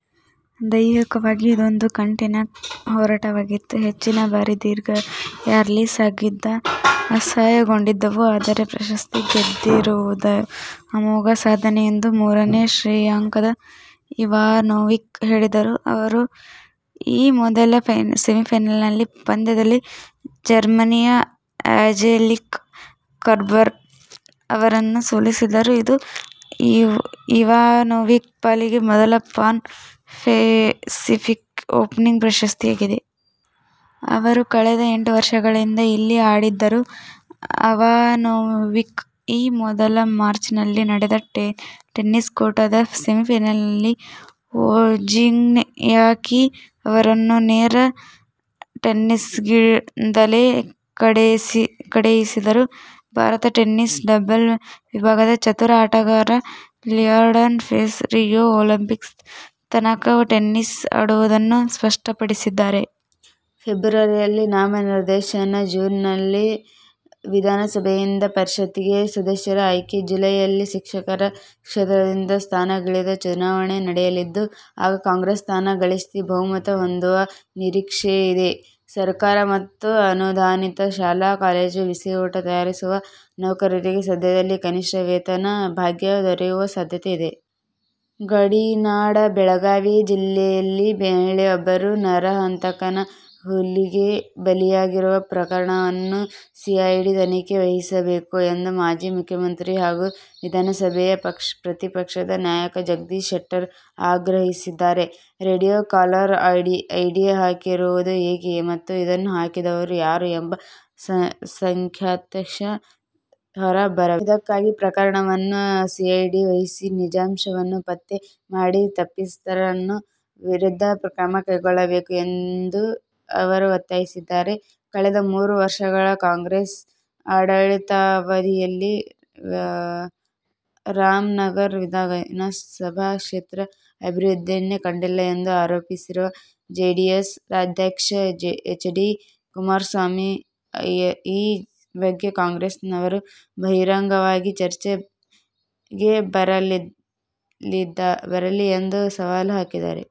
ದೈಹಿಕವಾಗಿ ಇದೊಂದು ಕಠಿನ ಹೋರಾಟವಾಗಿತ್ತು. ಹೆಚ್ಚಿನ ಬಾರಿ ದೀರ್ಘ ರ್ಯಾಲಿ ಸಾಗಿದ್ದರಿಂದ ಆಯಾಸಗೊಂಡಿದ್ದೆವು. ಆದರೆ ಪ್ರಶಸ್ತಿ ಗೆದ್ದಿರುವುದು ಅಮೋಘ ಸಾಧನೆ ಎಂದು ಮೂರನೇ ಶ್ರೇಯಾಂಕದ ಇವಾನೋವಿಕ್ ಹೇಳಿದರು. ಅವರು ಈ ಮೊದಲು ಸೆಮಿಫೈನಲ್ ಪಂದ್ಯದಲ್ಲಿ ಜರ್ಮನಿಯ ಆ್ಯಂಜೆಲಿಕ್ ಕರ್ಬರ್ ಅವರನ್ನು ಸೋಲಿಸಿದ್ದರು. ಇದು ಇವಾನೋವಿಕ್ ಪಾಲಿಗೆ ಮೊದಲ ಪಾನ್ ಪೆಸಿಫಿಕ್ ಓಪನ್ ಪ್ರಶಸ್ತಿಯಾಗಿದೆ. ಅವರು ಕಳೆದ ಎಂಟು ವರ್ಷಗಳಿಂದ ಇಲ್ಲಿ ಆಡಿದ್ದರು. ಇವಾನೋವಿಕ್ ಈ ಮೊದಲು ಮಾರ್ಚ್ನಲ್ಲಿ ನಡೆದ ಟೆನಿಸ್ ಕೂಟದ ಸೆಮಿಫೈನಲ್ನಲ್ಲಿ ವೋಜ್ನಿಯಾಕಿ ಅವರನ್ನು ನೇರ ಸೆಟ್ಗಳಿಂದಲೇ ಕೆಡಹಿದ್ದರು. ಭಾರತದ ಟೆನ್ನಿಸ್ನ ಡಬಲ್ಸ್ ವಿಭಾಗದ ಚತುರ ಆಟಗಾರ ಲಿಯಾಂಡರ್ ಪೇಸ್ ರಿಯೋ ಒಲಿಂಪಿಕ್ಸ್ ತನಕ ಟೆನ್ನಿಸ್ ಆಡುವುದನ್ನು ಸ್ಪಷ್ಟಪಡಿಸಿದ್ದಾರೆ. ಫೆಬ್ರವರಿಯಲ್ಲಿ ನಾಮನಿರ್ದೇಶನ, ಜೂನ್ನಲ್ಲಿ ವಿಧಾನಸಭೆಯಿಂದ ಪರಿಷತ್ಗೆ ಸದಸ್ಯರ ಆಯ್ಕೆ, ಜುಲೈಯಲ್ಲಿ ಶಿಕ್ಷಕರ ಕ್ಷೇತ್ರದಿಂದ ಸ್ಥಾನಗಳಿಗೆ ಚುನಾವಣೆ ನಡೆಯಲಿದ್ದು, ಆಗ ಕಾಂಗ್ರೆಸ್ ಸ್ಥಾನ ಗಳಿಸಿ ಬಹುಮತ ಹೊಂದುವ ನಿರೀಕ್ಷೆ ಇದೆ. ಸರ್ಕಾರಿ ಮತ್ತು ಅನುದಾನಿತ ಶಾಲಾ ಮಕ್ಕಳ ಬಿಸಿಯೂಟ ತಯಾರಿಸುವ ನೌಕರರಿಗೆ ಸದ್ಯದಲ್ಲೇ "ಕನಿಷ್ಠ ವೇತನ ಭಾಗ್ಯ' ದೊರೆಯುವ ಸಾಧ್ಯತೆ ಇದೆ. ಗಡಿನಾಡ ಬೆಳಗಾವಿ ಜಿಲ್ಲೆಯಲ್ಲಿ ಮಹಿಳೆಯೊಬ್ಬರು ನರಹಂತಕ ಹುಲಿಗೆ ಬಲಿಯಾಗಿರುವ ಪ್ರಕರಣವನ್ನು ಸಿಐಡಿ ತನಿಖೆಗೆ ವಹಿಸಬೇಕು ಎಂದು ಮಾಜಿ ಮುಖ್ಯಮಂತ್ರಿ ಹಾಗೂ ವಿಧಾನಸಭೆಯ ಪ್ರತಿಪಕ್ಷದ ನಾಯಕ ಜಗದೀಶ್ ಶೆಟ್ಟರ್ ಆಗ್ರಹಿಸಿದ್ದಾರೆ. "ರೇಡಿಯೋ ಕಾಲರ್ ಐಡಿ ಹಾಕಿರುವುದು ಏಕೆ? ಮತ್ತು ಇದನ್ನು ಹಾಕಿದವರು ಯಾರು ಎಂಬ ಸತ್ಯಾಂಶ ಹೊರ ಬರಬೇಕು. ಇದಕ್ಕಾಗಿ ಪ್ರಕರಣವನ್ನು ಸಿಐಡಿಗೆ ವಹಿಸಿ ನಿಜಾಂಶವನ್ನು ಪತ್ತೆ ಮಾಡಿ ತಪ್ಪಿತಸ್ಥರ ವಿರುದ್ಧ ಕ್ರಮ ಕೈಗೊಳ್ಳಬೇಕು' ಎಂದು ಅವರು ಒತ್ತಾಯಿಸಿದ್ದಾರೆ. ಕಳೆದ ಮೂರು ವರ್ಷಗಳ ಕಾಂಗ್ರೆಸ್ ಆಡಳಿತಾವಧಿಯಲ್ಲಿ ರಾಮನಗರ ವಿಧಾನಸಭಾ ಕ್ಷೇತ್ರ ಅಭಿವೃದ್ಧಿಯನ್ನೇ ಕಂಡಿಲ್ಲ ಎಂದು ಆರೋಪಿಸಿರುವ ಜೆಡಿಎಸ್ ರಾಜ್ಯಾಧ್ಯಕ್ಷ ಎಚ್. ಡಿ. ಕುಮಾರಸ್ವಾಮಿ, ಈ ಬಗ್ಗೆ ಕಾಂಗ್ರೆಸ್ನವರು ಬಹಿರಂಗವಾಗಿ ಚರ್ಚೆಗೆ ಬರಲಿ ಎಂದು ಸವಾಲು ಹಾಕಿದ್ದಾರೆ.